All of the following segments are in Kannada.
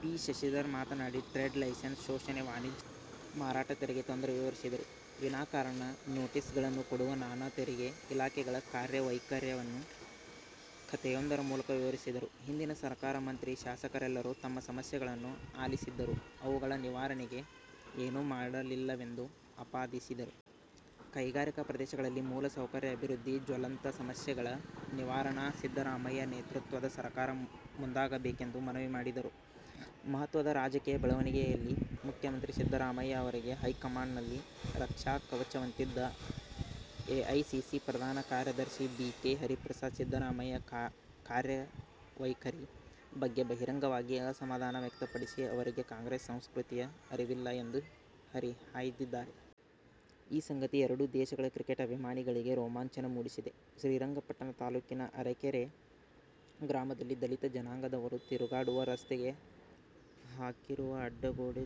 ಪಿ. ಶಶಿಧರ್ ಮಾತನಾಡಿ, ಟ್ರೇಡ್ ಲೈಸೆನ್ಸ್ ಶೋಷಣೆ, ವಾಣಿಜ್ಯ, ಮಾರಾಟ ತೆರಿಗೆ ತೊಂದರೆ ವಿವರಿಸಿದರು. ವಿನಾಕಾರಣ ನೋಟಿಸ್ಗಳನ್ನು ಕೊಡುವ ನಾನಾ ತೆರಿಗೆ ಇಲಾಖೆಗಳ ಕಾರ್ಯವೈಖರಿಯನ್ನು ಕಥೆಯೊಂದರ ಮೂಲಕ ವಿವರಿಸಿದರು. ಹಿಂದಿನ ಸರಕಾರ ಮಂತ್ರಿ, ಶಾಸಕರೆಲ್ಲರೂ ತಮ್ಮ ಸಮಸ್ಯೆಗಳನ್ನು ಆಲಿಸಿದ್ದರೂ ಅವುಗಳ ನಿವಾರಣೆಗೆ ಏನೂ ಮಾಡಲಿಲ್ಲವೆಂದು ಆಪಾದಿಸಿದರು. ಕೈಗಾರಿಕೆ ಪ್ರದೇಶಗಳಲ್ಲಿ ಮೂಲ ಸೌಕರ್ಯ ಅಭಿವೃದ್ಧಿ, ಜ್ವಲಂತ ಸಮಸ್ಯೆಗಳ ನಿವಾರಣೆಗೆ ಸಿದ್ದರಾಮಯ್ಯ ನೇತೃತ್ವದ ಸರಕಾರ ಮುಂದಾಗಬೇಕೆಂದು ಮನವಿ ಮಾಡಿದರು. ಮಹತ್ವದ ರಾಜಕೀಯ ಬೆಳವಣಿಗೆಯಲ್ಲಿ ಮುಖ್ಯಮಂತ್ರಿ ಸಿದ್ದರಾಮಯ್ಯ ಅವರಿಗೆ ಹೈಕಮಾಂಡ್ನಲ್ಲಿ ರಕ್ಷಾಕವಚದಂತಿದ್ದ ಎಐಸಿಸಿ ಪ್ರಧಾನ ಕಾರ್ಯದರ್ಶಿ ಬಿ. ಕೆ. ಹರಿಪ್ರಸಾದ್ ಸಿದ್ದರಾಮಯ್ಯ ಕಾರ್ಯವೈಖರಿ ಬಗ್ಗೆ ಬಹಿರಂಗವಾಗಿ ಅಸಮಾಧಾನ ವ್ಯಕ್ತಪಡಿಸಿ ಅವರಿಗೆ ಕಾಂಗ್ರೆಸ್ ಸಂಸ್ಕೃತಿಯ ಅರಿವಿಲ್ಲ ಎಂದು ಹರಿಹಾಯ್ದಿದ್ದಾರೆ. ಈ ಸಂಗತಿ ಎರಡೂ ದೇಶಗಳ ಕ್ರಿಕೆಟ್ ಅಭಿಮಾನಿಗಳಿಗೆ ರೋಮಾಂಚನ ಮೂಡಿಸಿದೆ. ಶ್ರೀರಂಗಪಟ್ಟಣ ತಾಲೂಕಿನ ಅರಕೆರೆ ಗ್ರಾಮದಲ್ಲಿ ದಲಿತ ಜನಾಂಗದವರು ತಿರುಗಾಡುವ ರಸ್ತೆಗೆ ಹಾಕಿರುವ ಅಡ್ಡಗೋಡೆ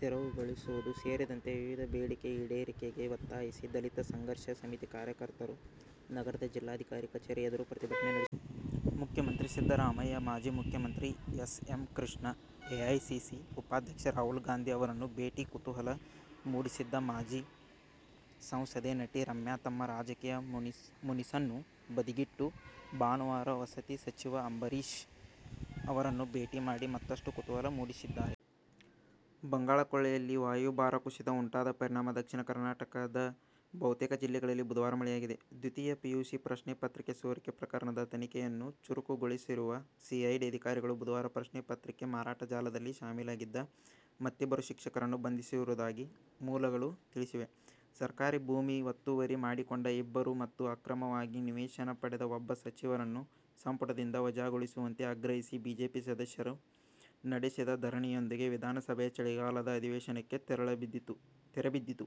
ತೆರವುಗೊಳಿಸುವುದು ಸೇರಿದಂತೆ ವಿವಿಧ ಬೇಡಿಕೆ ಈಡೇರಿಕೆಗೆ ಒತ್ತಾಯಿಸಿ ದಲಿತ ಸಂಘರ್ಷ ಸಮಿತಿ ಕಾರ್ಯಕರ್ತರು ನಗರದ ಜಿಲ್ಲಾಧಿಕಾರಿ ಕಚೇರಿ ಎದುರು ಪ್ರತಿಭಟನೆ ನಡೆಸಿದರು. ಮುಖ್ಯಮಂತ್ರಿ ಸಿದ್ದರಾಮಯ್ಯ, ಮಾಜಿ ಮುಖ್ಯಮಂತ್ರಿ ಎಸ್. ಎಂ. ಕೃಷ್ಣ, ಎಐಸಿಸಿ ಉಪಾಧ್ಯಕ್ಷ ರಾಹುಲ್ ಗಾಂಧಿ ಅವರನ್ನು ಭೇಟಿ ಕುತೂಹಲ ಮೂಡಿಸಿದ್ದ ಮಾಜಿ ಸಂಸದೆ, ನಟಿ ರಮ್ಯಾ ತಮ್ಮ ರಾಜಕೀಯ ಮುನಿಸನ್ನು ಬದಿಗಿಟ್ಟು ಭಾನುವಾರ ವಸತಿ ಸಚಿವ ಅಂಬರೀಶ್ ಅವರನ್ನು ಭೇಟಿ ಮಾಡಿ ಮತ್ತಷ್ಟು ಕುತೂಹಲ ಮೂಡಿಸಿದ್ದಾರೆ. ಬಂಗಾಳಕೊಲ್ಲಿಯಲ್ಲಿ ವಾಯುಭಾರ ಕುಸಿತ ಉಂಟಾದ ಪರಿಣಾಮ ದಕ್ಷಿಣ ಕರ್ನಾಟಕದ ಬಹುತೇಕ ಜಿಲ್ಲೆಗಳಲ್ಲಿ ಬುಧವಾರ ಮಳೆಯಾಗಿದೆ. ದ್ವಿತೀಯ ಪಿಯುಸಿ ಪ್ರಶ್ನೆ ಪತ್ರಿಕೆ ಸೋರಿಕೆ ಪ್ರಕರಣದ ತನಿಖೆಯನ್ನು ಚುರುಕುಗೊಳಿಸಿರುವ ಸಿಐಡಿ ಅಧಿಕಾರಿಗಳು ಬುಧವಾರ ಪ್ರಶ್ನೆ ಪತ್ರಿಕೆ ಮಾರಾಟ ಜಾಲದಲ್ಲಿ ಶಾಮೀಲಾಗಿದ್ದ ಮತ್ತಿಬ್ಬರು ಶಿಕ್ಷಕರನ್ನು ಬಂಧಿಸಿರುವುದಾಗಿ ಮೂಲಗಳು ತಿಳಿಸಿವೆ. ಸರ್ಕಾರಿ ಭೂಮಿ ಒತ್ತುವರಿ ಮಾಡಿಕೊಂಡ ಇಬ್ಬರು ಮತ್ತು ಅಕ್ರಮವಾಗಿ ನಿವೇಶನ ಪಡೆದ ಒಬ್ಬ ಸಚಿವರನ್ನು ಸಂಪುಟದಿಂದ ವಜಾಗೊಳಿಸುವಂತೆ ಆಗ್ರಹಿಸಿ ಬಿಜೆಪಿ ಸದಸ್ಯರು ನಡೆಸಿದ ಧರಣಿಯೊಂದಿಗೆ ವಿಧಾನಸಭೆಯ ಚಳಿಗಾಲದ ಅಧಿವೇಶನಕ್ಕೆ ತೆರೆಬಿದ್ದಿತು.